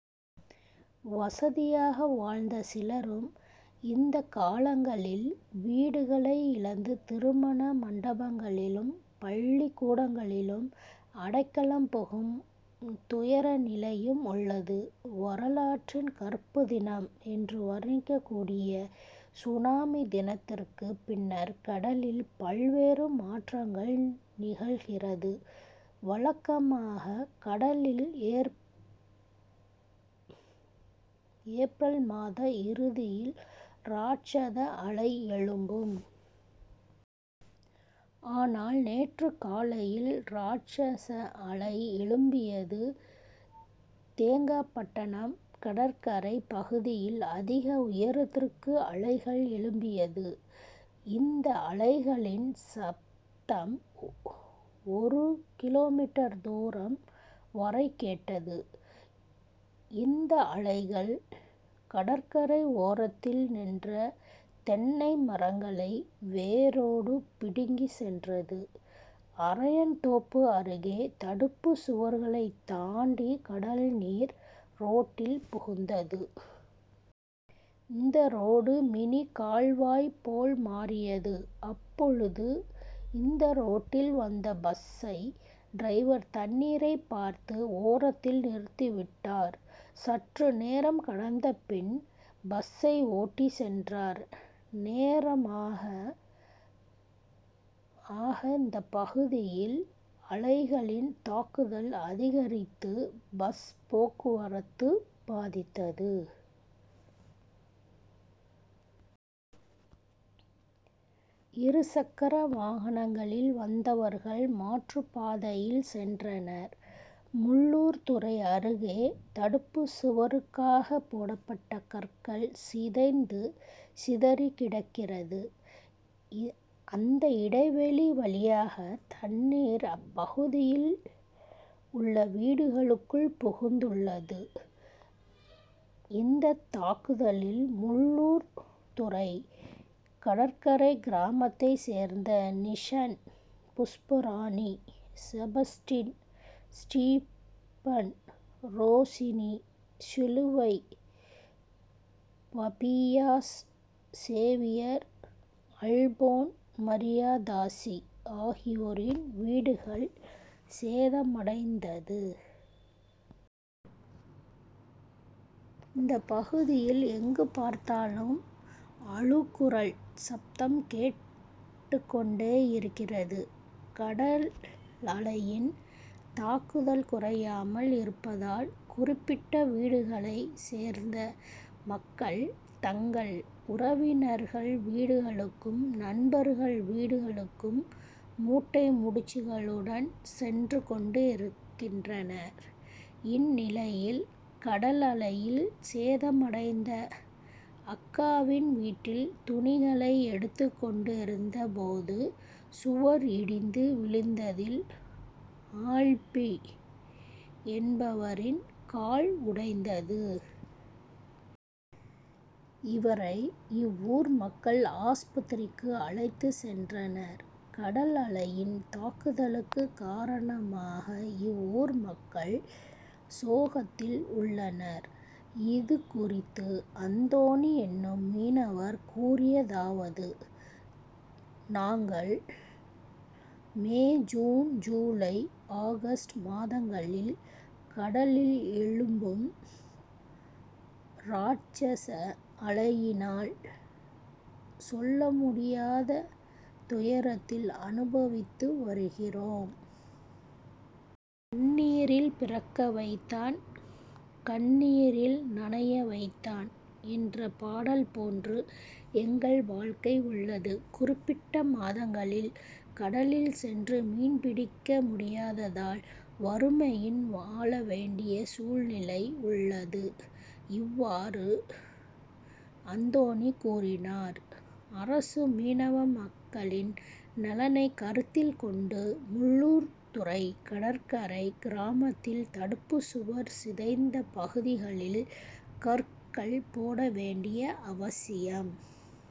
வசதியாக வாழ்ந்த சிலரும் இந்த காலங்களில் வீடுகளை இழந்து திருமணமண்டபங்களிலும் பள்ளிக்கூடங்களிலும் அடைக்கலம் புகும் துயர நிலையும் உள்ளது. வரலாற்றின் கறுப்புதினம் என்று வர்ணிக்கக்கூடிய சுனாமி தினத்திற்கு பின்னர் கடலில் பல்வேறு மாற்றங்கள் நிகழ்கிறது. வழக்கமாக கடலில் ஏப்ரம் மாத இறுதியில் ராட்சஸ அலை எழும்பும். ஆனால் நேற்று காலையில் ராட்சஸ அலை எழும்பியது. தேங்காப்பட்டணம் கடற்கரை பகுதியில் அதிக உயரத்திற்கு அலைகள் எழும்பியது. இந்த அலைகளின் சப்தம் ஒரு கி. மீ. தூரம் வரை கேட்டது. இந்த அலைகள் கடற்கரை ஓரத்தில் நின்ற தென்னை மரங்களை வேரோடு பிடுங்கி சென்றது. அரையன்தோப்பு அருகே தடுப்புச்சுவர்களை தாண்டி கடல்நீர் ரோட்டில் புகுந்தது. இந்த ரோடு மினி கால்வாய் போல் மாறியது. அப்பொழுது இந்த ரோட்டில் வந்த பஸ்சை டிரைவர் தண்ணீரை பார்த்து ஓரத்தில் நிறுத்திவிட்டார். சற்று நேரம் கடந்த பின் பஸ்சை ஓட்டி சென்றார். நேரமாக ஆக இந்த பகுதியில் அலைகளின் தாக்குதல் அதிகரித்து பஸ் போக்குவரத்து பாதித்தது. இருசக்கர வாகனங்களில் வந்தவர்கள் மாற்றுப்பாதையில் சென்றனர். முள்ளூர்துறை அருகே தடுப்புச்சுவருக்காக போடப்பட்ட கற்கள் சிதைந்து சிதறிகிடக்கிறது. அந்த இடைவெளி வழியாக தண்ணீர் அப்பகுதியில் உள்ள வீடுகளுக்குள் புகுந்துள்ளது. இந்த தாக்குதலில் முள்ளூர்துறை கடற்கரை கிராமத்தை சேர்ந்த Nixon Pushparani Sebastian Stephen Roshini Siluvai பபியாஸ் சேவியர் அல்போன்மரியதாசி ஆகியோரின் வீடுகள் சேதமடைந்தது. இந்த பகுதியில் எங்கு பார்த்தாலும் அழுகுரல் சப்தம் கேட்டுக் கொண்டே இருக்கிறது. கடலலையின் தாக்குதல் குறையாமல் இருப்பதால் குறிப்பிட்ட வீடுகளை சேர்ந்த மக்கள் தங்கள் உறவினர்கள் வீடுகளுக்கும் நண்பர்கள் வீடுகளுக்கும் மூட்டை முடிச்சுகளுடன் சென்று கொண்டிருக்கின்றனர். இந்நிலையில் கடலலையில் சேதமடைந்த அக்காவின் வீட்டில் துணிகளை எடுத்து கொண்டிருந்த போது சுவர் இடிந்து விழுந்ததில் ஆல்பி என்பவரின் கால் உடைந்தது. இவரை இவ்வூர் மக்கள் ஆஸ்பத்திரிக்கு அழைத்து சென்றனர். கடலலையின் தாக்குதலுக்கு காரணமாக இவ்வூர் மக்கள் சோகத்தில் உள்ளனர். இது குறித்து அந்தோணி என்னும் மீனவர் கூறியதாவது நாங்கள் மே ஜூன் ஜூலை ஆகஸ்ட் மாதங்களில் கடலில் எழும்பும் ராட்சஸ அலையினால் சொல்லமுடியாத துயரத்தை அனுபவித்து வருகிறோம். தண்ணீரில் பிறக்க வைத்தான் கண்ணீரில் நனைய வைத்தான்' என்ற பாடல் போன்று எங்கள் வாழ்க்கை உள்ளது. குறிப்பிட்ட மாதங்களில் கடலில் சென்று மீன்பிடிக்க முடியாததால் வறுமையின் வாழவேண்டிய சூழ்நிலை உள்ளது. இவ்வாறு அந்தோணி கூறினார். அரசு மீனவ மக்களின் நலனை கருத்தில் கொண்டு முள்ளூர்துறை கடற்கரை கிராமத்தில் தடுப்புச்சுவர் சிதைந்த பகுதிகளில் கற்கள் போட வேண்டியது அவசியம்.